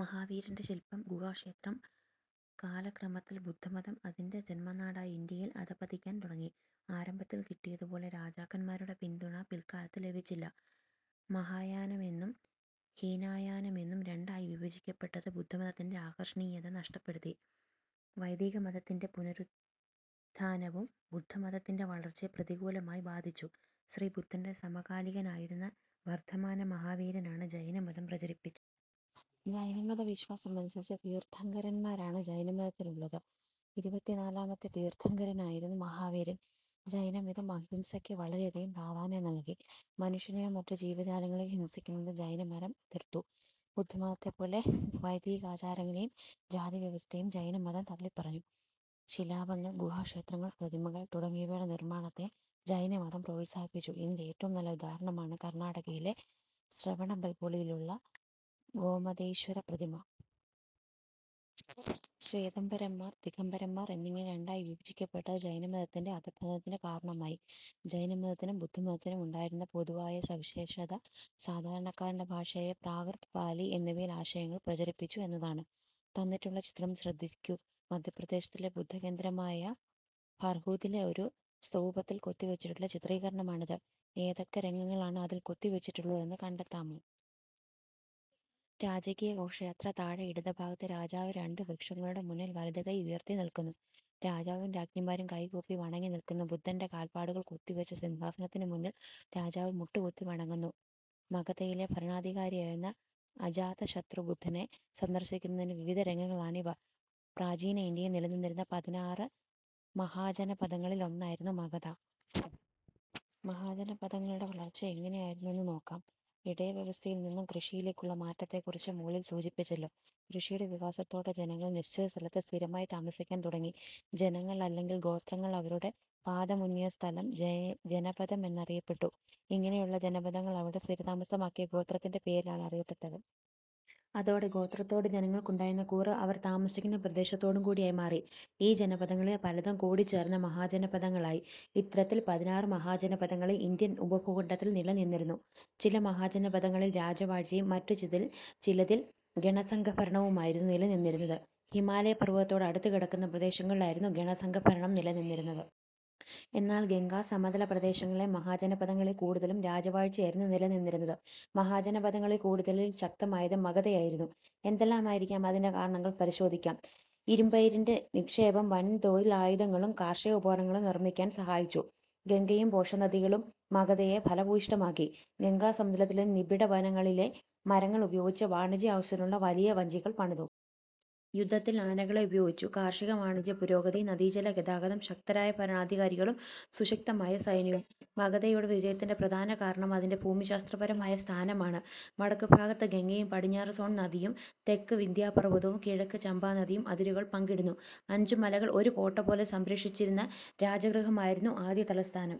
മഹാവീരന്റെ ശിൽപം. ഗുഹാക്ഷേത്രം. കാലക്രമത്തിൽ ബുദ്ധമതം അതിന്റെ ജന്മനാടായ ഇന്ത്യയിൽ അധപ്പതിക്കാൻ തുടങ്ങി. ആരംഭത്തിൽ കിട്ടിയതുപോലെ രാജാക്കന്മാരുടെ പിന്തുണ പിൽക്കാലത്ത് ലഭിച്ചില്ല. മഹായാനമെന്നും ഹീനയാനമെന്നും രണ്ടായി വിഭജിക്കപ്പെട്ടത് ബുദ്ധമതത്തിന്റെ ആകർഷണീയത നഷ്ടപ്പെടുത്തി. വൈദികമതത്തിന്റെ പുനരുത്ഥാനവും ബുദ്ധ മതത്തിന്റെ വളർച്ചയെ പ്രതികൂലമായി ബാധിച്ചു. ശ്രീബുദ്ധന്റെ സമകാലികനായിരുന്ന വർദ്ധമാന മഹാവീരനാണ് ജൈനമതം പ്രചരിപ്പിച്ചത്. ജൈനമതവിശ്വാസമനുസരിച്ച് തീർത്ഥങ്കരന്മാരാണ് ജൈനമതത്തിനുള്ളത്. ഇരുപത്തിനാലാമത്തെ തീർത്ഥങ്കരനായിരുന്നു മഹാവീരൻ. ജൈനമതം അഹിംസയ്ക്ക് വളരെയധികം പ്രാധാന്യം നൽകി. മനുഷ്യനെയോ മറ്റ് ജീവജാലങ്ങളെയോ ഹിംസിക്കുന്നത് ജൈനമതം എതിർത്തു. ബുദ്ധമതത്തെപ്പോലെ വൈദികാചാരങ്ങളെയും ജാതിവ്യവസ്ഥയെയും ജൈനമതം തള്ളിപ്പറഞ്ഞു. ശിലാപങ്ങൾ, ഗുഹാ ക്ഷേത്രങ്ങൾ, പ്രതിമകൾ തുടങ്ങിയവയുടെ നിർമാണത്തെ ജൈന മതം പ്രോത്സാഹിപ്പിച്ചു. ഇതിന്റെ ഏറ്റവും നല്ല ഉദാഹരണമാണ് കർണാടകയിലെ ശ്രാവണബെൽഗോളയിലുള്ള ഗോമതേശ്വര പ്രതിമ. ശ്വേതംബരന്മാർ, ദിഗംബരന്മാർ എന്നിങ്ങനെ രണ്ടായി വിഭജിക്കപ്പെട്ടത് ജൈനമതത്തിന്റെ അധപ്പതനത്തിന് കാരണമായി. ജൈനമതത്തിനും ബുദ്ധമതത്തിനും ഉണ്ടായിരുന്ന പൊതുവായ സവിശേഷത സാധാരണക്കാരന്റെ ഭാഷയായ പ്രാകൃത്, പാലി എന്നിവയിൽ ആശയങ്ങൾ പ്രചരിപ്പിച്ചു എന്നതാണ്. തന്നിട്ടുള്ള ചിത്രം ശ്രദ്ധിക്കൂ. മധ്യപ്രദേശിലെ ബുദ്ധ കേന്ദ്രമായ ഭാർഹുതിലെ ഒരു സ്തൂപത്തിൽ കൊത്തിവച്ചിട്ടുള്ള ചിത്രീകരണമാണിത്. ഏതൊക്കെ രംഗങ്ങളാണ് അതിൽ കൊത്തിവച്ചിട്ടുള്ളതെന്ന് കണ്ടത്താമോ? രാജകീയ ഘോഷയാത്ര താഴെ ഇടതുഭാഗത്ത് രാജാവ് രണ്ട് വൃക്ഷങ്ങളുടെ മുന്നിൽ വലതുകൈ ഉയർത്തി നിൽക്കുന്നു. രാജാവും രാജ്ഞിമാരും കൈകൂപ്പി വണങ്ങി നിൽക്കുന്നു.. ബുദ്ധന്റെ കാൽപ്പാടുകൾ കൊത്തിവച്ച സിംഹാസനത്തിന് മുന്നിൽ രാജാവ് മുട്ടുകുത്തി വണങ്ങുന്നു.. മഗധയിലെ ഭരണാധികാരിയായിരുന്ന അജാതശത്രു ബുദ്ധനെ സന്ദർശിക്കുന്നതിന്റെ വിവിധ രംഗങ്ങളാണിവ. പ്രാചിന ഇന്ത്യയിൽ നിലനിന്നിരുന്ന പതിനാറ് മഹാജനപദങ്ങളിൽ ഒന്നായിരുന്നു മഗധ. മഹാജനപദങ്ങളുടെ വളർച്ച എങ്ങനെയായിരുന്നുവെന്ന് നോക്കാം. ഇടയവ്യവസ്ഥയിൽ നിന്നും കൃഷിയിലേക്കുള്ള മാറ്റത്തെക്കുറിച്ച് മുകളിൽ സൂചിപ്പിച്ചല്ലോ. കൃഷിയുടെ വികാസത്തോടെ ജനങ്ങൾ നിശ്ചിത സ്ഥലത്ത് സ്ഥിരമായി താമസിക്കാൻ തുടങ്ങി. ജനങ്ങൾ അല്ലെങ്കിൽ ഗോത്രങ്ങൾ അവരുടെ പാദമൂന്നിയ സ്ഥലം ജനപദം എന്നറിയപ്പെട്ടു. ഇങ്ങനെയുള്ള ജനപദങ്ങൾ അവിടെ സ്ഥിരതാമസമാക്കിയ ഗോത്രത്തിന്റെ പേരിലാണ് അറിയപ്പെട്ടത്. അതോടെ ഗോത്രത്തോട് ജനങ്ങൾക്കുണ്ടായിരുന്ന കൂറ് അവർ താമസിക്കുന്ന പ്രദേശത്തോടും കൂടിയായി മാറി. ഈ ജനപദങ്ങളിൽ പലതും കൂടിച്ചേർന്ന് മഹാജനപദങ്ങളായി. ഇത്തരത്തിൽ പതിനാറ് മഹാജനപദങ്ങൾ ഇന്ത്യൻ ഉപഭൂഖണ്ഡത്തിൽ നിലനിന്നിരുന്നു. ചില മഹാജനപദങ്ങളിൽ രാജവാഴ്ചയും മറ്റു ചിലതിൽ ഗണസംഘഭരണവുമായിരുന്നു നിലനിന്നിരുന്നത്. ഹിമാലയ പർവതത്തോട് അടുത്തുകിടക്കുന്ന പ്രദേശങ്ങളിലായിരുന്നു ഗണ സംഘഭരണം നിലനിന്നിരുന്നത്. എന്നാൽ ഗംഗാസമതല പ്രദേശങ്ങളിലെ മഹാജനപദങ്ങളിൽ കൂടുതലും രാജവാഴ്ചയായിരുന്നു നിലനിന്നിരുന്നത്. മഹാജനപദങ്ങളിൽ കൂടുതൽ ശക്തമായത് മഗധയായിരുന്നു. എന്തെല്ലാമായിരിക്കാം അതിന്റെ കാരണങ്ങൾ? പരിശോധിക്കാം. ഇരുമ്പയിരിന്റെ നിക്ഷേപം വൻതോതിൽ ആയുധങ്ങളും കാർഷിക ഉപകരണങ്ങളും നിർമിക്കാൻ സഹായിച്ചു. ഗംഗയും പോഷകനദികളും മഗധയെ ഫലഭൂയിഷ്ഠമാക്കി. ഗംഗാസമതലത്തിലെ നിബിഡ വനങ്ങളിലെ മരങ്ങൾ ഉപയോഗിച്ച് വാണിജ്യ ആവശ്യത്തിനുള്ള വലിയ വഞ്ചികൾ പണിതു. യുദ്ധത്തിൽ ആനകളെ ഉപയോഗിച്ചു. കാർഷിക-വാണിജ്യ പുരോഗതി. നദീജലഗതാഗതം. ശക്തരായ ഭരണാധികാരികളും സുശക്തമായ സൈന്യവും. മഗധയുടെ വിജയത്തിന്റെ പ്രധാനപ്പെട്ട കാരണം അതിന്റെ ഭൂമിശാസ്ത്രപരമായ സ്ഥാനമാണ്. വടക്കുഭാഗത്ത് ഗംഗയും പടിഞ്ഞാറ് സോൺ നദിയും തെക്ക് വിന്ധ്യാപർവതവും കിഴക്ക് ചമ്പാനദിയും അതിരുകൾ പങ്കിടുന്നു. അഞ്ചു മലകൾ ഒരു കോട്ട പോലെ സംരക്ഷിച്ചിരുന്ന രാജഗൃഹമായിരുന്നു ആദ്യതലസ്ഥാനം.